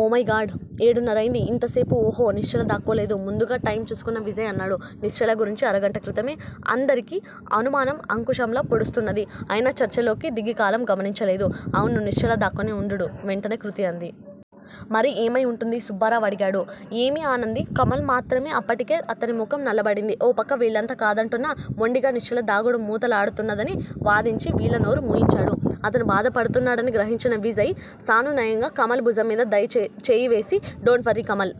ఓ my god. ఏడున్నర అయింది ఇంతసేపు ఉహో నిశ్చల దాక్కోలేదు ముందుగా టైము చూసుకున్న విజయ్ అన్నాడు. నిశ్చల గురించి అరగంట క్రితమే అందరికీ అనుమానం అంకుశంలా పొడుస్తున్నది. అయినా చర్చలోకి దిగి కాలం గమనించలేదు. అవును నిశ్చల దాక్కొని వుండడు వెంటనే కృతి అంది. మరి ఏమయి వుంటుంది? సుబ్బారావు అడిగాడు. ఏమీ ఆనంది కమల్ మాత్రమే అప్పటికే అతని ముఖం నల్లబడింది ఓపక్క వీళ్ళంతా కాదంటున్నా మొండిగా నిశ్చల దాగుడు మూతలాడుతున్నదని వాదించి వీళ్ళ నోరు మూయించాడు. అతను బాధపడుతున్నాడని గ్రహించిన విజయ్ సానునయంగా కమల్ బుజంమీద చేయివేసి డోంట్ వర్రీ కమల్!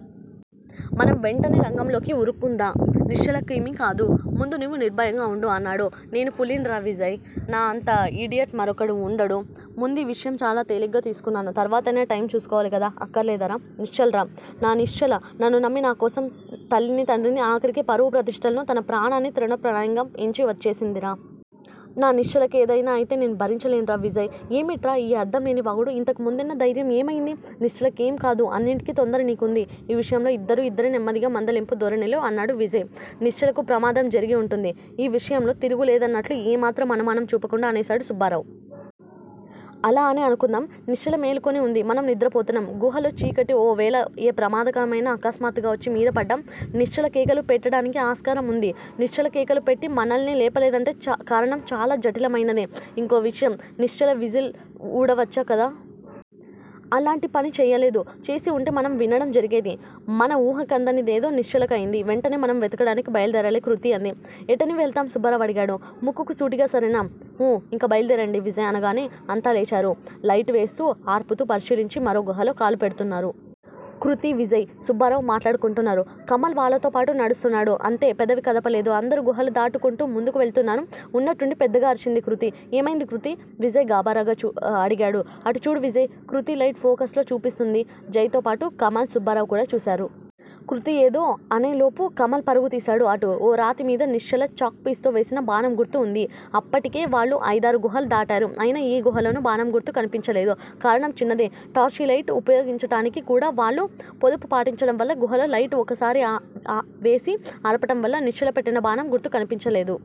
మనం వెంటనే రంగంలోకి వురుకుందా. నిశ్చల కేమీకాదు. ముందు నీవు నిర్భయంగా వుండు అన్నాడు. నేను పూల్నిరా విజయ్! నా అంత ఇడియట్ మరొకడు వుండడు. ముందీవిషయం చాలా తేలిగ్గా తీసుకున్నాను. తర్వాతయినా టైము చూసుకోవాలా అక్కరలేదా! నిశ్చలరా. నా నిశ్చల. నన్ను నమ్మి నాకోసం తల్లిని తండ్రిని ఆఖరికి పరువు ప్రతిష్టలను తనప్రాణాన్నితృణప్రాయంగా ఎంచి వచ్చేసిందిరా! నా నిశ్చల కేదైనా అయితే నే భరించలేనురా విజయ్! ఏమిట్రా ఈ అర్ధంలేని వాగుడు! ఇంతకుముందున్న ధైర్యం ఏమయింది నిశ్చలకేంకాదు. అన్నింటికీ తొందర నీకూ వుంది. ఈ విషయంలో ఇద్దరూ యిద్దరే నెమ్మదిగా మందలింపు ధోరణిలో అన్నాడు విజయ్. నిశ్చలకి ప్రమాదం జరిగివుంటుంది! ఈ విషయంలో తిరుగులేదన్నట్లు ఏ మాత్రం అనుమానం చూపకుండా అనేశాడు సుబ్బారావు. అలా అనే అనుకుందాం. నిశ్చల మేలుకుని వుంది. మనం నిద్రపోతున్నాం. గుహలో చీకటి ఓ వేళ ఏ ప్రమాదమైన అకస్మాత్తుగా వచ్చి మీదపడ్డా నిశ్చల కేకలు పెట్టటానికి ఆస్కారం వుంది. నిశ్చల కేకల పేట్టి మనల్ని లేపలేదంటే కారణం చాలా జటిల మైనదే. ఇంకో విషయం నిశ్చల విజిల్ వూడవచ్చ కదా? అలాంటి పని చెయ్యలేదు. చేసివుంటే మనం వినడం జరిగేది. మన వూహకందనిదేదో నిశ్చల కయింది. వెంటనే మనం వెతకడానికి బయల్దేరాలి కృతి అంది. ఎటని వెళతాం? సుబ్బారావు అడిగాడు. ముక్కుకు సూటిగా సరేనా? ఊ ఇంక బయల్దేరండి విజయ్ అనంగానే అంతా లేచారు. లైటు వేస్తూ అర్పుతూ పరిశీలించి మరో గుహలో కాలుపెడుతున్నారు. కృతి విజయ్. సుబ్బారావు మాట్లాడుకుంటున్నారు. కమల్ వాళ్ళతోపాటు నడుస్తున్నాడు అంతే పెదవి కదపలేదు. అందరూ గుహలు దాటుకుంటూ ముందుకు వెళుతున్నారు. ఉన్నట్టుండి పెద్దగా అరిచింది కృతి. ఏమైంది కృతీ! విజయ్ గాభరాగా అడిగాడు. అటుచూడు విజయ్! కృతి లైట్ ఫోకస్ లో చూపిస్తుంది. జయ్ తో పాటు కమల్ సుబ్బరావు కూడా చూశారు. కృతి ఏదో అనేలోపు కమల్ పరుగు తీశాడు అటు. ఓ రాతి మీద నిశ్చల చాక్ పీసుతో వేసిన బాణం గుర్తు ఉంది. అప్పటికే వాళ్ళు అయిదారు గుహాలు దాటారు. అయినా ఏ గుహాలోనూ బాణంగుర్తు కనిపించలేదు. కారణం చిన్నదే. టార్చిలైటు వుపయోగించటానికి కూడా వాళ్ళు పొదుపు పాటించటంవల్ల గుహలో లైటు ఒకసారి వేసి అర్పటంవల్ల నిశ్చల పెట్టిన బాణం గుర్తు కనిపించలేదు.